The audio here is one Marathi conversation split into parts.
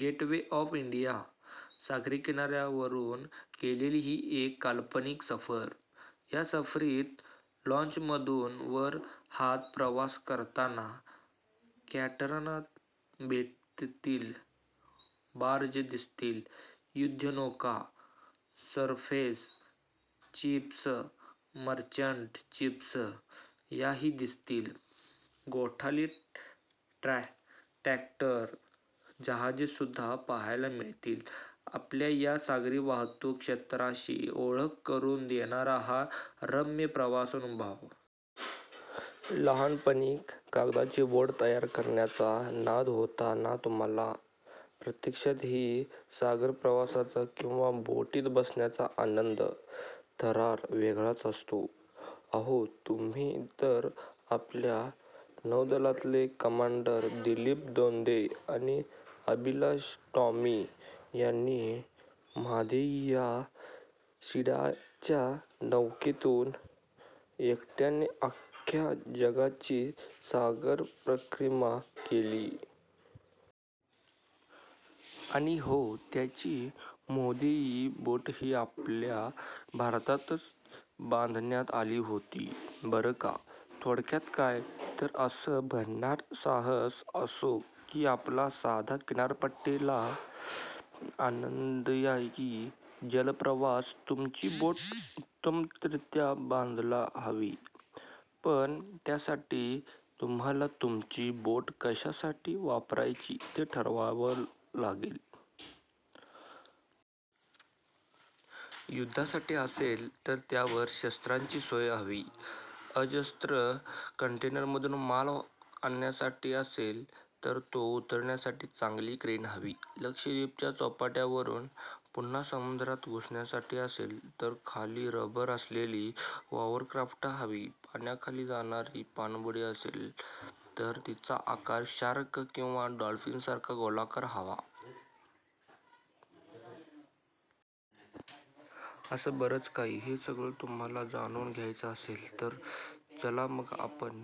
गेटवे ऑफ इंडियाच्या सागरकिनाऱ्यावरून केलेली ही एक काल्पनिक सफर... या सफरीत लाँचमधून वर खात प्रवास करताना कॅटमरान भेटतील, बार्ज दिसतील, युद्धनौका, सरफेस शिप्स, मर्चंट शिप्स याही दिसतील. मोठाली टँकर जहाजेसुद्धा पाहायला मिळतील... आपल्या या सागरी वाहतूक क्षेत्राशी ओळख करून देणारा हा रम्य प्रवासानुभव! लहानपणी कागदाची बोट तयार करण्याचा नाद होता ना तुम्हाला? प्रत्यक्षातही सागरप्रवासाचा किंवा बोटीत बसण्याचा आनंद, थरार वेगळाच असतो. अहो, म्हणून तर आपल्या नौदलातले कमांडर दिलीप दोंदे आणि अभिलाष टॉमी यांनी म्हादेई या शिडाच्या नौकेतून एकट्याने अख्ख्या जगाची सागरपरिक्रमा केली. आणि हो, त्यांची म्हादेई बोटही आपल्या भारतातच बांधण्यात आली होती, बरं का. थोडक्यात काय, तर असं भन्नाट साहस असो की आपला साधा किनारपट्टीलगतचा आनंददायी जलप्रवास, तुमची बोट उत्तमरीत्या बांधायला हवी. पण त्यासाठी तुम्हाला तुमची बोट कशासाठी वापरायची, ते ठरवायला हवं. युद्धासाठी असेल, तर त्यावर शस्त्रांची सोय हवी, अजस्त्र कंटेनरमधून माल आणण्यासाठी असेल, तर तो उतरविण्यासाठी चांगली क्रेन हवी, लक्षद्वीपच्या चौपाट्यांवरून पुन्हा समुद्रात घुसण्यासाठी असेल, तर खाली रबर असलेली हॉवरक्राफ्ट हवी, पाण्याखाली जाणारी पाणबुडी असेल, तर तिचा आकार शार्क किंवा डॉल्फिनसारखा गोलाकार हवा... असं बरंच काही. हे सगळं तुम्हाला जाणून घ्यायचं असेल, तर चला मग आपण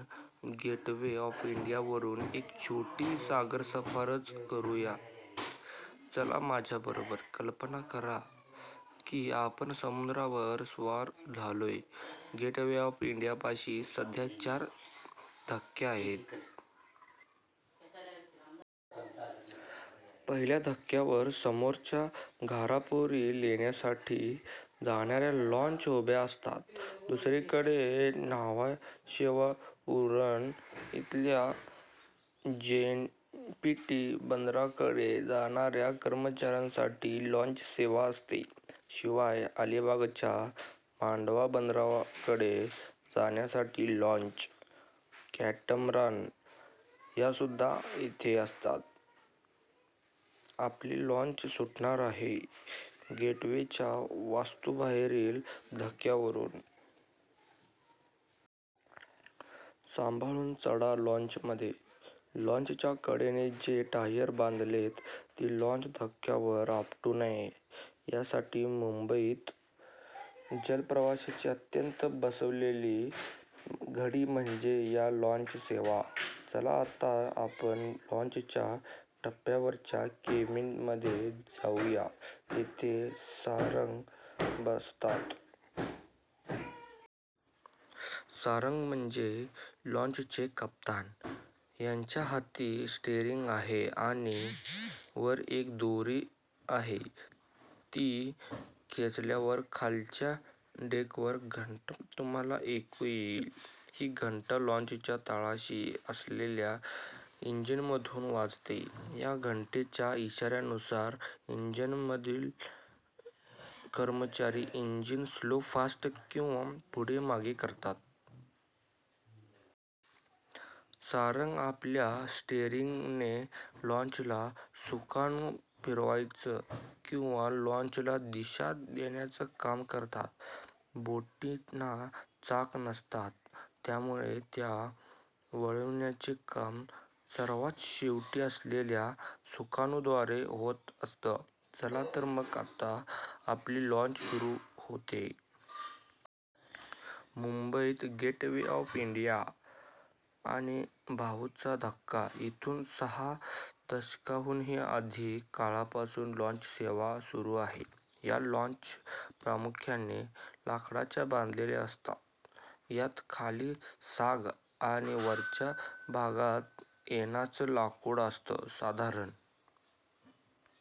गेटवे ऑफ इंडियावरून एक छोटी सागरसफरच करू या. चला माझ्याबरोबर... कल्पना करा की आपण समुद्रावर स्वार झालोय. गेटवे ऑफ इंडियापाशी सध्या चार धक्के आहेत. पहिल्या धक्क्यावर समोरच्या घारापुरी लेण्यांसाठी जाणाऱ्या लाँच उभ्या असतात, दुसरीकडे न्हावाशेवा-उरण इथल्या जेएनपीटी बंदराकडे जाणाऱ्या कर्मचाऱ्यांसाठी लाँचसेवा असते. शिवाय अलिबागच्या मांडवा बंदराकडे जाण्यासाठी लाँच, कॅटमरान यासुद्धा इथे असतात. आपली लाँच सुटणार आहे गेटवेच्या वास्तूबाहेरील धक्क्यावरून. 'सांभाळून चढा लाँचमध्ये.' लाँचच्या कडेने जे टायर बांधलेत, ते लाँच धक्क्यावर आपटू नये, यासाठी. मुंबईत जलप्रवासाची अत्यंत बसलेली घडी म्हणजे या लाँचसेवा. चला, आता आपण लाँचच्या टपावरच्या केबिनमध्ये जाऊ या. इथे सारंग बसतात. सारंग म्हणजे लाँचचे कप्तान. त्यांच्या हाती स्टिअरिंग आहे आणि वर एक दोरी आहे, ती खेचल्यावर खालच्या डेकवर घंटा तुम्हाला ऐकू येईल. ही घंटा लाँचच्या तळाशी असलेल्या इंजिनरुममध्ये वाजते. या घंटेच्या इशार्यानुसार इंजिनरुममधले कर्मचारी इंजिन स्लो-फास्ट किंवा पुढे-मागे करतात. सारंग आपल्या स्टिअरिंगने लाँचचा सुकाणू फिरवायचं किंवा लाँचला दिशा देण्याचं काम करतात. बोटींना चाकं नसतात, त्यामुळे त्या वळवण्याचं काम सर्वात शेवटी असलेल्या सुकाणूद्वारे होत असतं. चला तर मग आता आपली लाँच सुरू होतेय. मुंबईत गेटवे ऑफ इंडिया आणि भाऊचा धक्का इथून सहा दशकांहूनही अधिक काळापासून लाँचसेवा सुरू आहे. या लाँच प्रामुख्याने लाकडाच्या बांधलेल्या असतात. त्यात खाली साग आणि वरच्या भागात ऐनाचं लाकूड असतं. साधारण